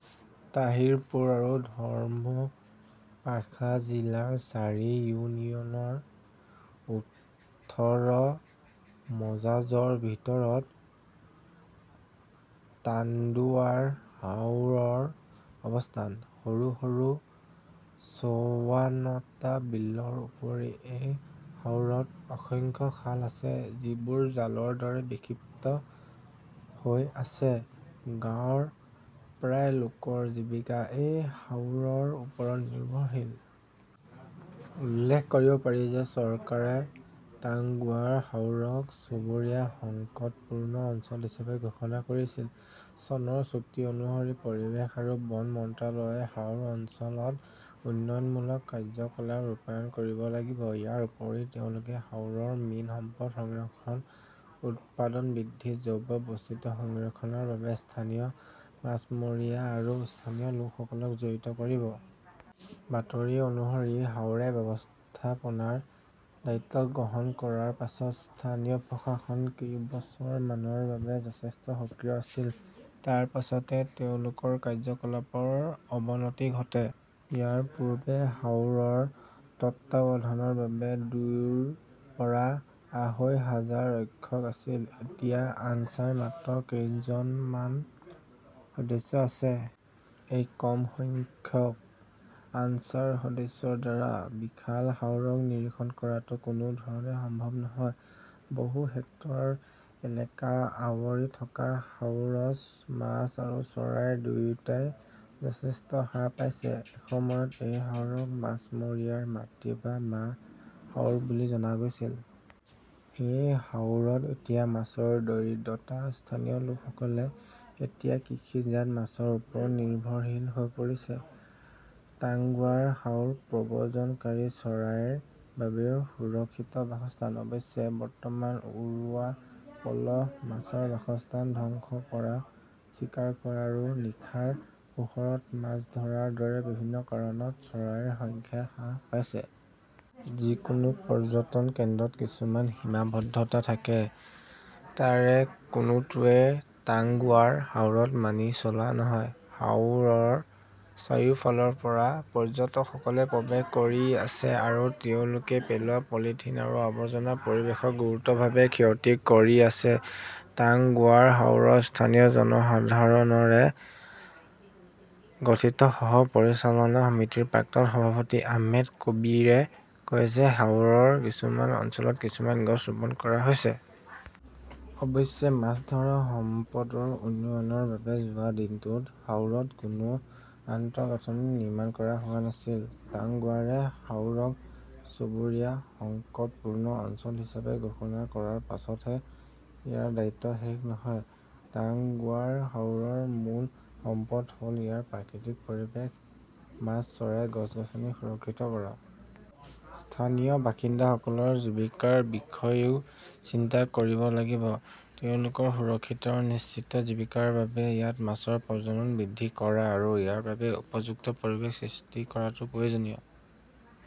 তাহিৰপুৰ আৰু ধৰ্মপাশা জিলাৰ চাৰি ইউনিয়নৰ ওঠৰ মজাজৰ ভিতৰত টাঙ্গুৱাৰ হাওৰৰ অৱস্থান। সৰু সৰু চৌৱান্নটা বিলৰ উপৰি এই হাওৰত অসংখ্য খাল আছে যিবোৰ জালৰ দৰে বিক্ষিপ্ত হৈ আছে। গাঁৱৰ প্ৰায় লোকৰ জীৱিকা এই হাওৰৰ ওপৰত নিৰ্ভৰশীল। উল্লেখ কৰিব পাৰি যে চৰকাৰে টাংগুৱাৰ হাওৰক চুবুৰীয়া সংকটপূৰ্ণ অঞ্চল হিচাপে ঘোষণা কৰিছিল। চনৰ চুক্তি অনুসৰি পৰিৱেশ আৰু বন মন্ত্ৰালয়ে হাওৰ অঞ্চলত উন্নয়নমূলক কাৰ্যকলাপ ৰূপায়ণ কৰিব লাগিব। ইয়াৰ উপৰি তেওঁলোকে হাওৰৰ মীন সম্পদ সংৰক্ষণ উৎপাদন বৃদ্ধি জৈৱ বৈচিত্ৰ্য সংৰক্ষণৰ বাবে স্থানীয় মাছমৰীয়া আৰু স্থানীয় লোকসকলক জড়িত কৰিব। বাতৰি অনুসৰি হাওৰে ব্যৱস্থাপনাৰ দায়িত্ব গ্ৰহণ কৰাৰ পাছত স্থানীয় প্ৰশাসন কেইবছৰমানৰ বাবে যথেষ্ট সক্ৰিয় আছিল। তাৰ পাছতে তেওঁলোকৰ কাৰ্যকলাপৰ অৱনতি ঘটে। ইয়াৰ পূৰ্বে হাওৰৰ তত্বাৱধানৰ বাবে দুইৰ পৰা আঢ়ৈ হাজাৰ ৰক্ষক আছিল। এতিয়া আনছাৰ মাত্ৰ কেইজনজন মান সদস্য আছে। এই কম সংখ্যক আনছাৰ সদস্যৰ দ্বাৰা বিশাল হাওৰক নিৰীক্ষণ কৰাটো কোনো ধৰণে সম্ভৱ নহয়। বহু হেক্টৰ এলেকা আৱৰি থকা হাওৰত মাছ আৰু চৰাই দুয়োটাই যথেষ্ট হ্ৰাস পাইছে। এসময়ত এই হাওৰক মাছমৰীয়াৰ মাতৃ বা মা হাওৰ বুলি জনা গৈছিল। সেই হাওৰত এতিয়া মাছৰ দৰিদ্ৰতা। স্থানীয় লোকসকলে এতিয়া কৃষিজাত মাছৰ ওপৰত নিৰ্ভৰশীল হৈ পৰিছে। টাংগুৱাৰ হাওৰ প্ৰব্ৰজনকাৰী চৰাইৰ বাবেও সুৰক্ষিত বাসস্থান। অৱশ্যে বৰ্তমান উৰুৱা পলস মাছৰ বাসস্থান ধ্বংস কৰা চিকাৰ কৰা আৰু নিশাৰ পোহৰত মাছ ধৰাৰ দৰে বিভিন্ন কাৰণত চৰাইৰ সংখ্যা হ্ৰাস পাইছে। যিকোনো পৰ্যটন কেন্দ্ৰত কিছুমান সীমাবদ্ধতা থাকে তাৰে কোনোটোৱেই টাংগুৱাৰ হাওৰত মানি চলা নহয়। হাৱাৰৰ চাৰিওফালৰ পৰা পৰ্যটকসকলে প্ৰৱেশ কৰি আছে আৰু তেওঁলোকে পেলোৱা পলিথিন আৰু আৱৰ্জনা পৰিৱেশক গুৰুতৰভাৱে ক্ষতি কৰি আছে। টাংগুৱাৰ হাওৰৰ স্থানীয় জনসাধাৰণৰে গঠিত সহ পৰিচালনা সমিতিৰ প্ৰাক্তন সভাপতি আহমেদ কবীৰে কয় যে হাওৰৰ কিছুমান অঞ্চলত কিছুমান গছ ৰোপণ কৰা হৈছে। অৱশ্যে মাছ ধৰা সম্পদৰ উন্নয়নৰ বাবে যোৱা দিনটোত হাওৰত কোনো আন্তঃগাঁথনি নিৰ্মাণ কৰা হোৱা নাছিল। টাংগুৱাৰে হাওৰক চুবুৰীয়া সংকটপূৰ্ণ অঞ্চল হিচাপে ঘোষণা কৰাৰ পাছতহে ইয়াৰ দায়িত্ব শেষ নহয়। টাংগুৱাৰ হাওৰৰ মূল সম্পদ হ'ল ইয়াৰ প্ৰাকৃতিক পৰিৱেশ মাছ চৰাই গছ গছনি সুৰক্ষিত কৰা। স্থানীয় বাসিন্দাসকলৰ জীৱিকাৰ বিষয়েও চিন্তা কৰিব লাগিব। তেওঁলোকৰ সুৰক্ষিত আৰু নিশ্চিত জীৱিকাৰ বাবে ইয়াত মাছৰ প্ৰজনন বৃদ্ধি কৰা আৰু ইয়াৰ বাবে উপযুক্ত পৰিৱেশ সৃষ্টি কৰাটো প্ৰয়োজনীয়।